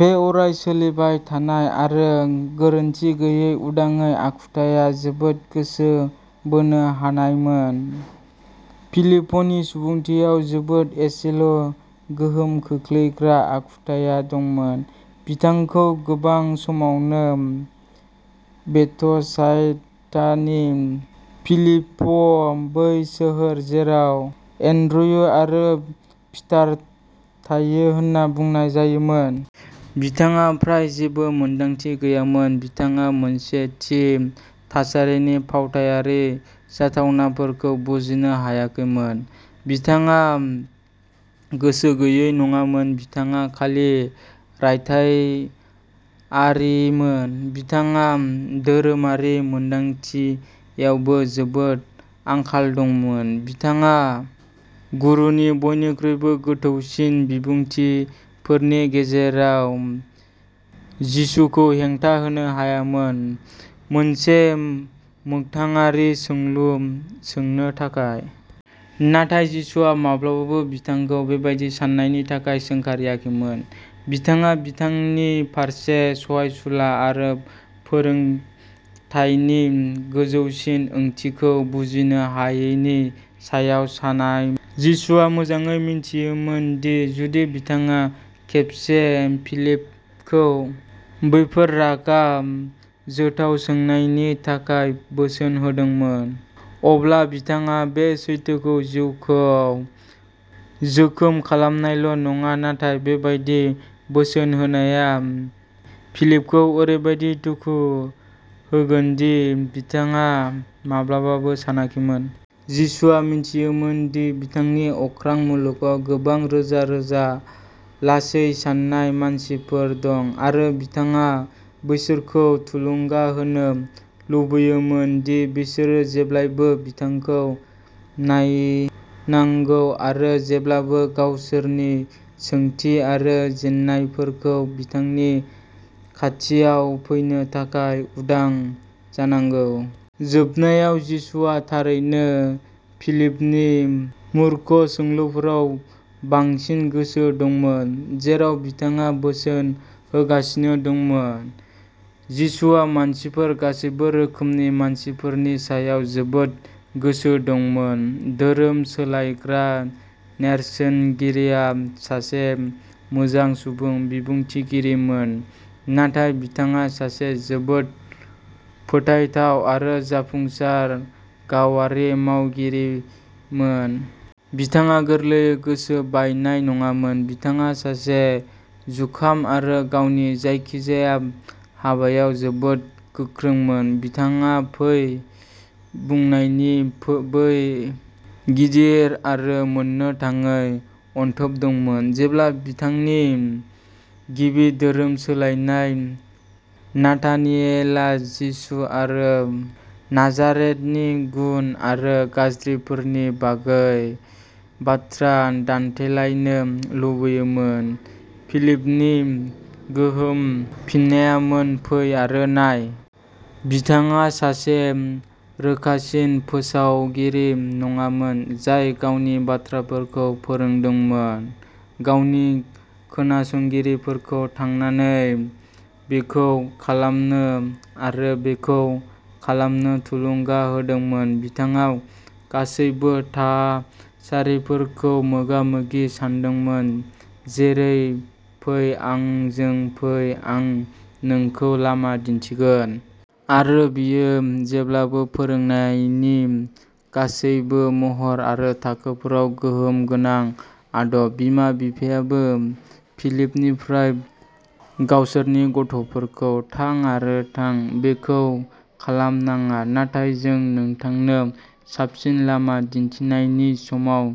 बे अराय सोलिबाय थानाय आरो गोरोनथि गैयै उदाङै आखुथाइया जोबोद गोसो बोनो हानायमोन। फिलिपनि सुबुंथियाव जोबोद एसेल' गोहोम खोख्लैग्रा आखुथाय दंमोन। बिथांखौ गोबां समावनो बेथसाइदानि फिलिप, बै सोहोर जेराव एन्ड्रयु आरो पिटार थायो होनना बुंनाय जायोमोन। बिथाङा फ्राय जेबो मोनदांथि गैयैमोन बिथाङा मोनसे थि थासारिनि फावथायारि जाथावनाफोरखौ बुजिनो हायाखैमोन। बिथाङा गोसो गैयै नङामोन बिथाङा खालि रायथाइआरिमोन। बिथाङा धोरोमारि मोनदांथियावबो जोबोद आंखाल दंमोन। बिथाङा गुरुनि बयनिख्रुइबो गोथौसिन बिबुंथिफोरनि गेजेराव जिसुखौ हेंथा होनो हायामोन मोनसे मोगथाङारि सोंलु सोंनो थाखाय। नाथाय जिसुआ माब्लाबाबो बिथांखौ बेबादि साननायनि थाखाय सोंखारियाखैमोन बिथाङा बिथांनि फारसे सहायसुला आरो फोरोंथायनि गोथौसिन ओंथिखौ बुजिनो हायैनि सायाव सान्नायमोन। जिसुआ मोजाङै मोनथियोमोन दि, जुदि बिथाङा खेबसे फिलिपखौ बेफोर रागा जोंथाव सोंनायनि थाखाय बोसोन होदोंमोन, अब्ला बिथाङा बे सैथो जिउखौ जोखोम खालामनायल' नङा, नाथाय बेबादि बोसोन होनाया फिलिपखौ ओरैबादि दुखु होगोनदि बिथाङा माब्लाबाबो सानाखैमोन। जिसुआ मिथियोमोन दि बिथांनि अख्रां मुलुगाव गोबां रोजा रोजा लासै साननाय मानसिफोर दं, आरो बिथाङा बिसोरखौ थुलुंगा होनो लुगैयोमोन दि बिसोरो जेब्लाबो बिथांखौ नायनांगौ आरो जेब्लाबो गावसोरनि सोंथि आरो जेंनाफोरजों बिथांनि खाथियाव फैनो थाखाय उदां जानांगौ। जोबनायाव, जिसुआ थारैनो फिलिपनि मुरखु सोंलुफोराव बांसिन गोसो दंमोन, जेराव बिथाङा बोसोन होगासिनो दंमोन। जिसुआ मानसिफोर, गासैबो रोखोमनि मानसिफोरनि सायाव जोबोद गोसो दंमोन। धोरोम सोलायग्रा नेरसोनगिरिआ सासे मोजां सुबुं बिबुंथिगिरिमोन, नाथाय बिथाङा सासे जोबोद फोथायथाव आरो जाफुंसार गावारि मावगिरिमोन। बिथाङा गोरलैयै गोसो बायनाय नङामोन बिथाङा सासे जुकाम आरो गावनि जायखिजाया हाबायाव जोबोद गोख्रोंमोन। बिथांहा फै बुंनायनि बो बै गिदिर आरो मोननो थाङै अनथोब दंमोन। जेब्ला बिथांनि गिबि धोरोम सोलायनाय नाथानियेलआ जिसु आरो नाजारेथनि गुन आरो गाज्रिफोरनि बागै बाथ्रा दान्थेलायनो लुगैयोमोन, फिलिपनि गोहोम गोनां फिननायामोन फै आरो नाय। बिथाङा सासे रोखासिन फोसावगिरि नङामोन, जाय गावनि बाथ्राफोरखौ फोरोंदोंमोन। गावनि खोनासंगिरिफोरखौ थांनानै बेखौ खालामनो आरो बेखौ खालामनो थुलुंगा होदोंमोन। बिथाङा गासैबो थासारिफोरखौ मोगा मोगि जादोंमोन जेरै फै आंजों फै आं नोंखौ लामा दिन्थिगोन। आरो बेयो जेब्लाबो फोरोंनायनि गासैबो महर आरो थाखोफोराव गोहोम गोनां आदब। बिमा-बिफाबो फिलिपनिफ्राय गावसोरनि गथ'फोरखौ थां आरो थां बेखौ खालाम नङा, नाथाय जों नोंथांनो साबसिन लामा दिन्थिनायनि समाव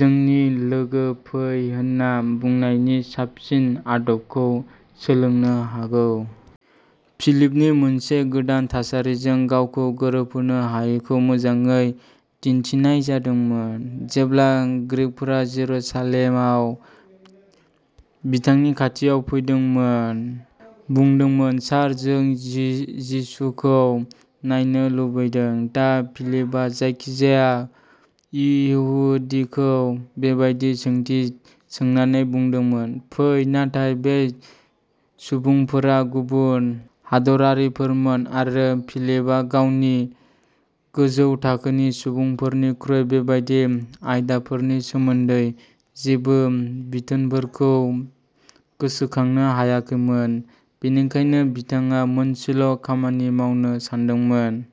जोंनि लोगो फै होनना बुंनायनि साबसिन आदबखौ सोलोंनो हागौ। फिलिपनि मोनसे गोदान थासारिजों गावखौ गोरोबहोनो हायैखौ मोजाङै दिन्थिनाय जादोंमोन जेब्ला ग्रीकफोरा जेरुसालेमाव बिथांनि खाथियाव फैदोंमोन, बुंदोंमोन सार जों जिसुखौ नायनो लुबैदों। दा फिलिपआ जायखिजाया इहुदिखौ बेबादि सोंथि सोंनानै बुङोमोन फै। नाथाय बे सुबुंफोरा गुबुन हादोरारिफोरमोन आरो फिलिपआ गावनि गोजौ थाखोनि सुबुंफोरनिफ्राय बेबादि आयदाफोरनि सोमोन्दै जेबो बिथोनफोरखौ गोसोखांनो हायाखैमोन बेनिखायनो बिथाङा मोनसेल' खामानि मावनो सानदोंमोन।